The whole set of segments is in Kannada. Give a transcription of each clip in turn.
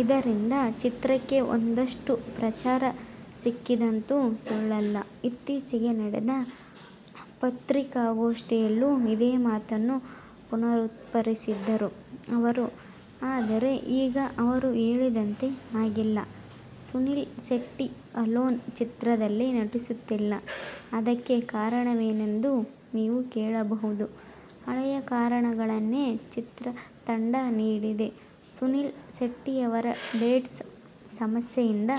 ಇದರಿಂದ ಚಿತ್ರಕ್ಕೆ ಒಂದಷ್ಟು ಪ್ರಚಾರ ಸಿಕ್ಕಿದ್ದಂತೂ ಸುಳ್ಳಲ್ಲ. ಇತ್ತೀಚೆಗೆ ನಡೆದ ಪತ್ರಿಕಾಗೋಷ್ಠಿಯಲ್ಲೂ ಇದೇ ಮಾತನ್ನು ಪುನರುತ್ಛರಿಸಿದ್ದರು ಅವರು. ಆದರೆ, ಈಗ ಅವರು ಹೇಳಿದಂತೆ ಆಗಿಲ್ಲ. ಸುನೀಲ್ ಶೆಟ್ಟಿ "ಅಲೋನ್' ಚಿತ್ರದಲ್ಲಿ ನಟಿಸುತ್ತಿಲ್ಲ. ಅದಕ್ಕೆ ಕಾರಣವೇನೆಂದು ನೀವು ಕೇಳಬಹುದು. ಹಳೆಯ ಕಾರಣಗಳನ್ನೇ ಚಿತ್ರತಂಡ ನೀಡಿದೆ. ಸುನೀಲ್ ಶೆಟ್ಟಿಯವರ ಡೇಟ್ಸ್ ಸಮಸ್ಯೆಯಿಂದ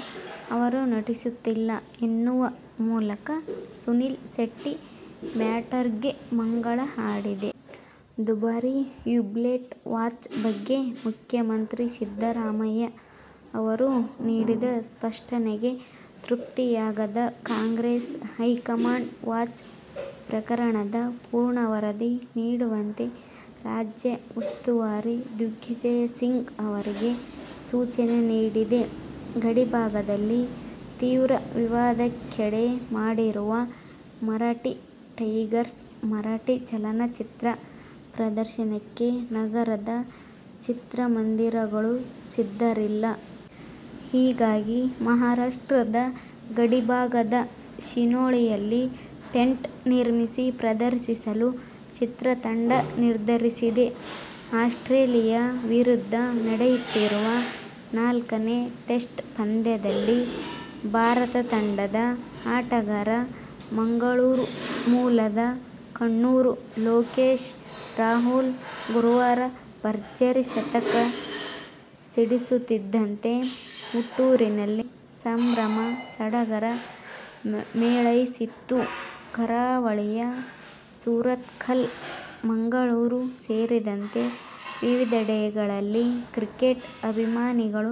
ಅವರು ನಟಿಸುತ್ತಿಲ್ಲ ಎನ್ನುವ ಮೂಲಕ ಸುನೀಲ್ ಶೆಟ್ಟಿ ಮ್ಯಾಟರ್ಗೆ ಮಂಗಳ ಹಾಡಿದೆ. ದುಬಾರಿ ಹ್ಯೂಬ್ಲೆಟ್ ವಾಚ್ ಬಗ್ಗೆ ಮುಖ್ಯಮಂತ್ರಿ ಸಿದ್ದರಾಮಯ್ಯ ಅವರು ನೀಡಿದ ಸ್ಪಷ್ಟನೆಗೆ ತೃಪ್ತಿಯಾಗದ ಕಾಂಗ್ರೆಸ್ ಹೈಕಮಾಂಡ್ ವಾಚ್ ಪ್ರಕರಣದ ಪೂರ್ಣ ವರದಿ ನೀಡುವಂತೆ ರಾಜ್ಯ ಉಸ್ತುವಾರಿ ದಿಗ್ವಿಜಯ್ ಸಿಂಗ್ ಅವರಿಗೆ ಸೂಚನೆ ನೀಡಿದೆ. ಗಡಿಭಾಗದಲ್ಲಿ ತೀವ್ರ ವಿವಾದಕ್ಕೆಡೆ ಮಾಡಿರುವ "ಮರಾಠಿ ಟೈಗರ್ಸ್' ಮರಾಠಿ ಚಲನಚಿತ್ರ ಪ್ರದರ್ಶನಕ್ಕೆ ನಗರದ ಚಿತ್ರಮಂದಿರಗಳು ಸಿದ್ಧರಿಲ್ಲ. ಹೀಗಾಗಿ ಮಹಾರಾಷ್ಟ್ರದ ಗಡಿಭಾಗದ ಸಿನೋಳಿಯಲ್ಲಿ ಟೆಂಟ್ ನಿರ್ಮಿಸಿ ಪ್ರದರ್ಶಿಸಲು ಚಿತ್ರತಂಡ ನಿರ್ಧರಿಸಿದೆ. ಆಸ್ಟ್ರೇಲಿಯ ವಿರುದ್ದ ನಡೆಯುತ್ತಿರುವ ನಾಲ್ಕನೇ ಟೆಸ್ಟ್ ಪಂದ್ಯದಲ್ಲಿ ಭಾರತ ತಂಡದ ಆಟಗಾರ ಮಂಗಳೂರು ಮೂಲದ ಕಣ್ಣೂರು ಲೋಕೇಶ್ ರಾಹುಲ್ ಗುರುವಾರ ಭರ್ಜರಿ ಶತಕ ಸಿಡಿಸುತ್ತಿದ್ದಂತೆ ಹುಟ್ಟೂರಿನಲ್ಲಿ ಸಂಭ್ರಮ ಸಡಗರ ಮೇಳೈಸಿತ್ತು. ಕರಾವಳಿಯ ಸುರತ್ಕಲ್, ಮಂಗಳೂರು ಸೇರಿದಂತೆ ವಿವಿಧೆಡೆಗಳಲ್ಲಿ ಕ್ರಿಕೆಟ್ ಅಭಿಮಾನಿಗಳು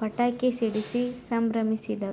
ಪಟಾಕಿ ಸಿಡಿಸಿ ಸಂಭ್ರಮಿಸಿದರು.